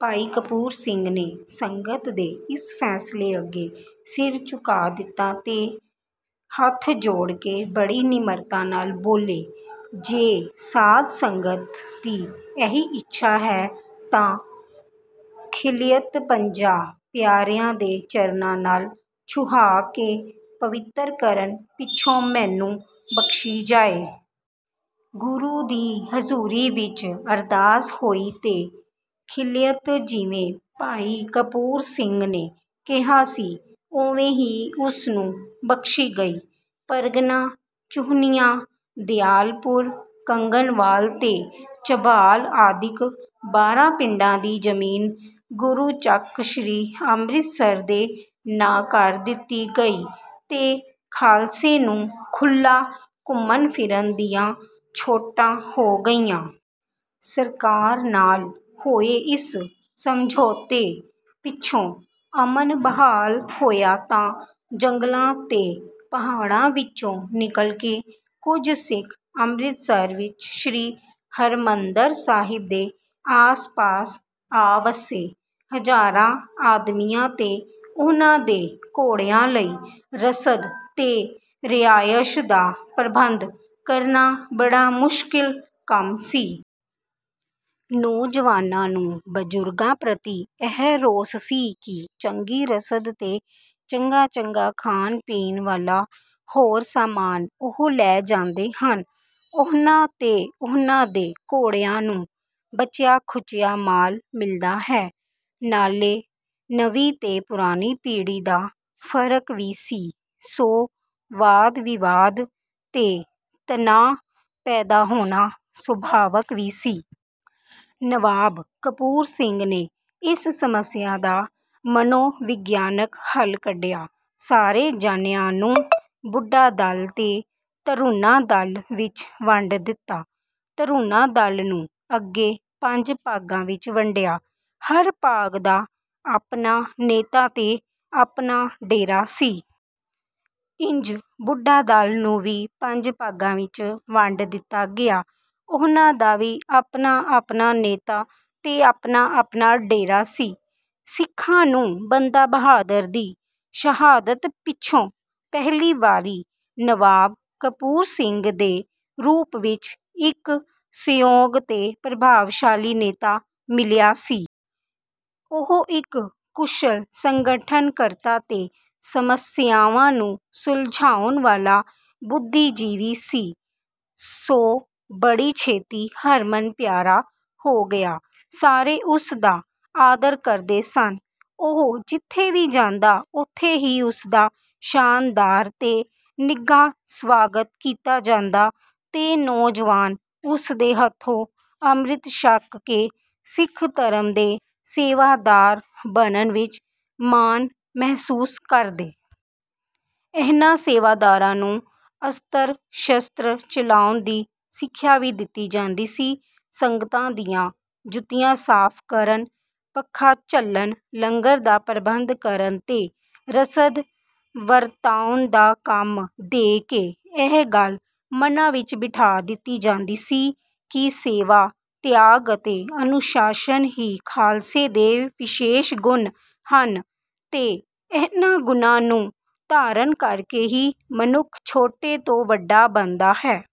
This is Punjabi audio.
ਭਾਈ ਕਪੂਰ ਸਿੰਘ ਨੇ ਸੰਗਤ ਦੇ ਇਸ ਫੈਸਲੇ ਅੱਗੇ ਸਿਰ ਝੁਕਾ ਦਿੱਤਾ ਤੇ ਹੱਥ ਜੋੜ ਕੇ ਬੜੀ ਨਿਮਰਤਾ ਨਾਲ ਬੋਲੇ, "ਜੇ ਸਾਧ ਸੰਗਤ ਦੀ ਇਹੀ ਇੱਛਾ ਹੈ ਤਾਂ ਖਿਲਅਤ ਪੰਜਾਂ ਪਿਆਰਿਆਂ ਦੇ ਚਰਨਾਂ ਨਾਲ ਛੁਹਾ ਕੇ ਪਵਿੱਤਰ ਕਰਨ ਪਿੱਛੋਂ ਮੈਨੂੰ ਬਖ਼ਸ਼ੀ ਜਾਏ।" ਗੁਰੂ ਦੀ ਹਜੂਰੀ ਵਿੱਚ ਅਰਦਾਸ ਹੋਈ ਤੇ ਖਿਲਅਤ ਜਿਵੇਂ ਭਾਈ ਕਪੂਰ ਸਿੰਘ ਨੇ ਕਿਹਾ ਸੀ ਓਵੇਂ ਹੀ ਉਸਨੂੰ ਬਖ਼ਸ਼ੀ ਗਈ। ਪਰਗਨਾ ਚੂਹਨੀਆਂ ਦਿਆਲਪੁਰ ਕੰਗਨਵਾਲ ਤੇ ਝਬਾਲ ਆਦਿਕ ਬਾਰਾਂ ਪਿੰਡਾਂ ਦੀ ਜਮੀਨ ਗੁਰੂ ਚੱਕ ਸ਼੍ਰੀ ਅੰਮ੍ਰਿਤਸਰ ਦੇ ਨਾਂ ਕਰ ਦਿੱਤੀ ਗਈ ਤੇ ਖਾਲਸੇ ਨੂੰ ਖੁੱਲ੍ਹਾ ਘੁੰਮਣ-ਫਿਰਨ ਦੀਆਂ ਛੋਟਾਂ ਹੋ ਗਈਆਂ। ਸਰਕਾਰ ਨਾਲ ਹੋਏ ਇਸ ਸਮਝੌਤੇ ਪਿੱਛੋਂ ਅਮਨ ਬਹਾਲ ਹੋਇਆ ਤਾਂ ਜੰਗਲਾਂ ਤੇ ਪਹਾੜਾਂ ਵਿੱਚੋਂ ਨਿਕਲ ਕੇ ਕੁਝ ਸਿੱਖ ਅੰਮ੍ਰਿਤਸਰ ਵਿੱਚ ਸ਼੍ਰੀ ਹਰਿਮੰਦਰ ਸਾਹਿਬ ਦੇ ਆਸ-ਪਾਸ ਆ ਵੱਸੇ। ਹਜ਼ਾਰਾਂ ਆਦਮੀਆਂ ਤੇ ਉਹਨਾਂ ਦੇ ਘੋੜਿਆਂ ਲਈ ਰਸਦ ਤੇ ਰਿਹਾਇਸ਼ ਦਾ ਪ੍ਰਬੰਧ ਕਰਨਾ ਬੜਾ ਮੁਸ਼ਕਿਲ ਕੰਮ ਸੀ। ਨੌਜਵਾਨਾਂ ਨੂੰ ਬਜ਼ੁਰਗਾਂ ਪ੍ਰਤੀ ਇਹ ਰੋਸ ਸੀ ਕਿ ਚੰਗੀ ਰਸਦ ਤੇ ਚੰਗਾ-ਚੰਗਾ ਖਾਣ-ਪੀਣ ਵਾਲਾ ਹੋਰ ਸਾਮਾਨ ਉਹ ਲੈ ਜਾਂਦੇ ਹਨ, ਉਹਨਾਂ ਤੇ ਉਹਨਾਂ ਦੇ ਘੋੜਿਆਂ ਨੂੰ ਬਚਿਆ-ਖੁਚਿਆ ਮਾਲ ਮਿਲਦਾ ਹੈ। ਨਾਲੇ ਨਵੀਂ ਤੇ ਪੁਰਾਣੀ ਪੀੜ੍ਹੀ ਦਾ ਫ਼ਰਕ ਵੀ ਸੀ, ਸੋ ਵਾਦ-ਵਿਵਾਦ ਤੇ ਤਣਾਅ ਪੈਦਾ ਹੋਣਾ ਸੁਭਾਵਕ ਵੀ ਸੀ। ਨਵਾਬ ਕਪੂਰ ਸਿੰਘ ਨੇ ਇਸ ਸਮੱਸਿਆ ਦਾ ਮਨੋਵਿਗਿਆਨਕ ਹੱਲ ਕੱਢਿਆ। ਸਾਰੇ ਜਣਿਆਂ ਨੂੰ ਬੁੱਢਾ-ਦਲ ਤੇ ਤਰੂਣਾ-ਦਲ ਵਿੱਚ ਵੰਡ ਦਿੱਤਾ। ਤਰੂਣਾ-ਦਲ ਨੂੰ ਅੱਗੇ ਪੰਜ ਭਾਗਾਂ ਵਿੱਚ ਵੰਡਿਆ। ਹਰ ਭਾਗ ਦਾ ਆਪਣਾ ਨੇਤਾ ਤੇ ਆਪਣਾ ਡੇਰਾ ਸੀ। ਇੰਜ ਬੁੱਢਾ ਦਾਲ ਨੂੰ ਵੀ ਪੰਜ ਭਾਗਾਂ ਵਿੱਚ ਵੰਡ ਦਿੱਤਾ ਗਿਆ। ਉਹਨਾਂ ਦਾ ਵੀ ਆਪਣਾ-ਆਪਣਾ ਨੇਤਾ ਤੇ ਆਪਣਾ-ਆਪਣਾ ਡੇਰਾ ਸੀ। ਸਿੱਖਾਂ ਨੂੰ ਬੰਦਾ ਬਹਾਦੁਰ ਦੀ ਸ਼ਹਾਦਤ ਪਿੱਛੋਂ ਪਹਿਲੀ ਵਾਰੀ ਨਵਾਬ ਕਪੂਰ ਸਿੰਘ ਦੇ ਰੂਪ ਵਿੱਚ ਇੱਕ ਸੁਯੋਗ ਤੇ ਪ੍ਰਭਾਵਸ਼ਾਲੀ ਨੇਤਾ ਮਿਲਿਆ ਸੀ। ਉਹ ਇੱਕ ਕੁਸ਼ਲ ਸੰਗਠਨਕਰਤਾ ਤੇ ਸਮੱਸਿਆਵਾਂ ਨੂੰ ਸੁਲਝਾਉਣ ਵਾਲਾ ਬੁੱਧੀਜੀਵੀ ਸੀ। ਸੋ ਬੜੀ ਛੇਤੀ ਹਰਮਨ ਪਿਆਰਾ ਹੋ ਗਿਆ। ਸਾਰੇ ਉਸਦਾ ਆਦਰ ਕਰਦੇ ਸਨ। ਉਹ ਜਿੱਥੇ ਵੀ ਜਾਂਦਾ ਉੱਥੇ ਹੀ ਉਸਦਾ ਸ਼ਾਨਦਾਰ ਤੇ ਨਿੱਘਾ ਸਵਾਗਤ ਕੀਤਾ ਜਾਂਦਾ ਤੇ ਨੌਜਵਾਨ ਉਸਦੇ ਹੱਥੋਂ ਅੰਮ੍ਰਿਤ ਛਕ ਕੇ ਸਿੱਖ ਧਰਮ ਦੇ ਸੇਵਾਦਾਰ ਬਣਨ ਵਿੱਚ ਮਾਣ ਮਹਿਸੂਸ ਕਰਦੇ। ਇਹਨਾਂ ਸੇਵਾਦਾਰਾਂ ਨੂੰ ਅਸਤਰ-ਸ਼ਸਤਰ ਚਲਾਉਣ ਦੀ ਸਿੱਖਿਆ ਵੀ ਦਿੱਤੀ ਜਾਂਦੀ ਸੀ। ਸੰਗਤਾਂ ਦੀਆਂ ਜੁੱਤੀਆਂ ਸਾਫ ਕਰਨ, ਪੱਖਾ ਝੱਲਣ, ਲੰਗਰ ਦਾ ਪ੍ਰਬੰਧ ਕਰਨ ਤੇ ਰਸਦ ਵਰਤਾਉਣ ਦਾ ਕੰਮ ਦੇ ਕੇ ਇਹ ਗੱਲ ਮਨਾਂ ਵਿੱਚ ਬਿਠਾ ਦਿੱਤੀ ਜਾਂਦੀ ਸੀ ਕਿ ਸੇਵਾ ਤਿਆਗ ਅਤੇ ਅਨੁਸ਼ਾਸਨ ਹੀ ਖਾਲਸੇ ਦੇ ਵਿਸ਼ੇਸ਼ ਗੁਣ ਹਨ ਤੇ ਇਹਨਾਂ ਗੁਣਾਂ ਨੂੰ ਧਾਰਨ ਕਰਕੇ ਹੀ ਮਨੁੱਖ ਛੋਟੇ ਤੋਂ ਵੱਡਾ ਬਣਦਾ ਹੈ।